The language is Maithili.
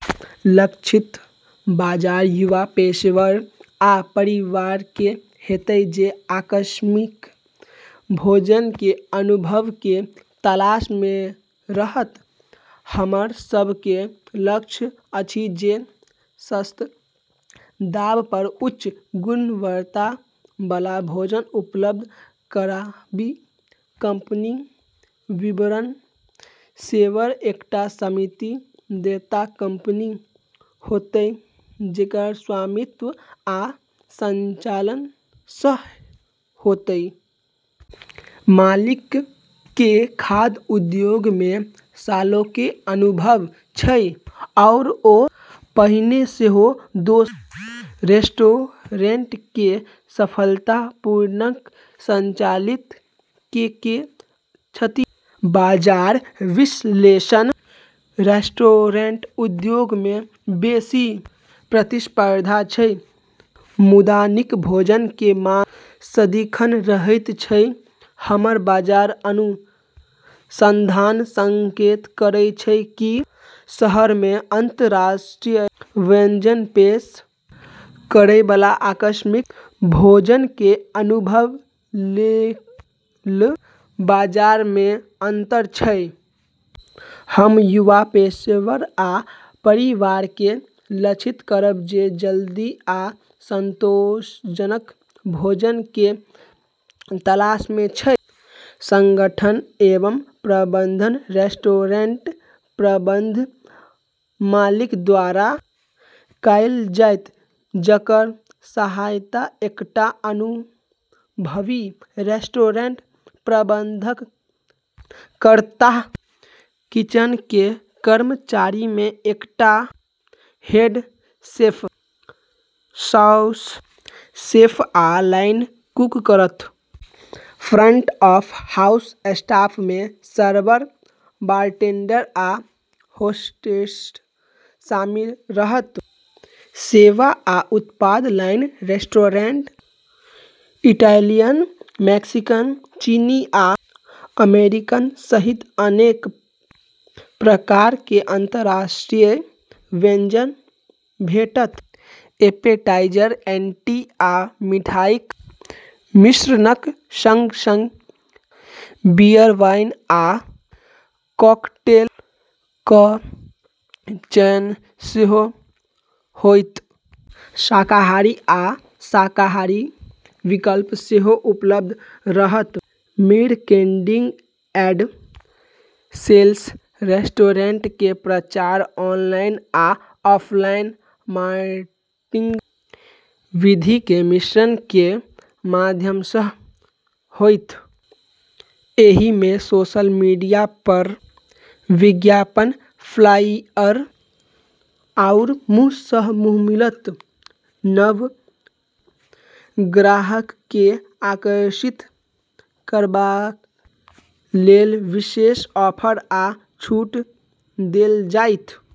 लक्षित बाजार युवा पेशेवर आ परिवारके होयत जे आकस्मिक भोजनके अनुभवके तलाशमे रहत। हमर सबहक लक्ष्य अछि जे सस्त दाम पर उच्च गुणवत्ताबला भोजन उपलब्ध कराबी। कंपनी विवरण सेवर एकटा सीमित देयता कंपनी होयत जेकर स्वामित्व आ संचालन [मालिकके नाम] सँ होइत । मालिकके खाद्य उद्योगमे सालोंके अनुभव अछि आओर ओ पहिने सेहो दोसर रेस्टोरेंटके सफलतापूर्वक संचालित केने छथि। बाजार विश्लेषण रेस्टोरेंट उद्योगमे बेसी प्रतिस्पर्धा अछि, मुदा नीक भोजनके मांग सदिखन रहैत अछि। हमर बाजार अनुसंधान संकेत करै छै कि शहरमे अंतरराष्ट्रीय व्यंजन पेश करैबला आकस्मिक भोजनके अनुभव लेल बाजारमे अंतर छै। हम युवा पेशेवर आ परिवारके लक्षित करब जे जल्दी आ संतोषजनक भोजनके तलाशमे छै। संगठन एवं प्रबंधन रेस्टोरेंटके प्रबंधन मालिक द्वारा कयल जाइत, जकर सहायता एकटा अनुभवी रेस्टोरेंट प्रबंधक करताह किचनके कर्मचारीमे एकटा हेड शेफ, सौस शेफ, आ लाइन कुक रहत। फ्रंट ऑफ हाउस स्टाफमे सर्वर, बारटेंडर आ होस्टेस शामिल रहत। सेवा या उत्पाद लाइन रेस्टोरेंटमे इटैलियन, मैक्सिकन, चीनी आ अमेरिकन सहित अनेक प्रकारके अंतर्राष्ट्रीय व्यंजन भेटत। ऐपेटाइज़र, एंट्री, आ मिठाईक मिश्रणक संग-संग बियर, वाइन, आ कॉकटेलक चयन सेहो होइत । शाकाहारी आ शाकाहारी विकल्प सेहो उपलब्ध रहत। मार्केटिंग एंड सेल्स रेस्टोरेंटके प्रचार ऑनलाइन आ ऑफलाइन मार्केटिंग विधिके मिश्रणके माध्यमसँ होइत । एहिमे सोशल मीडिया पर विज्ञापनफ्लाईयर आओर मुंहसँ मुंह मिलत। नव ग्राहकके आकर्षित करबा लेल विशेष ऑफर आ छूट देल जाइत ।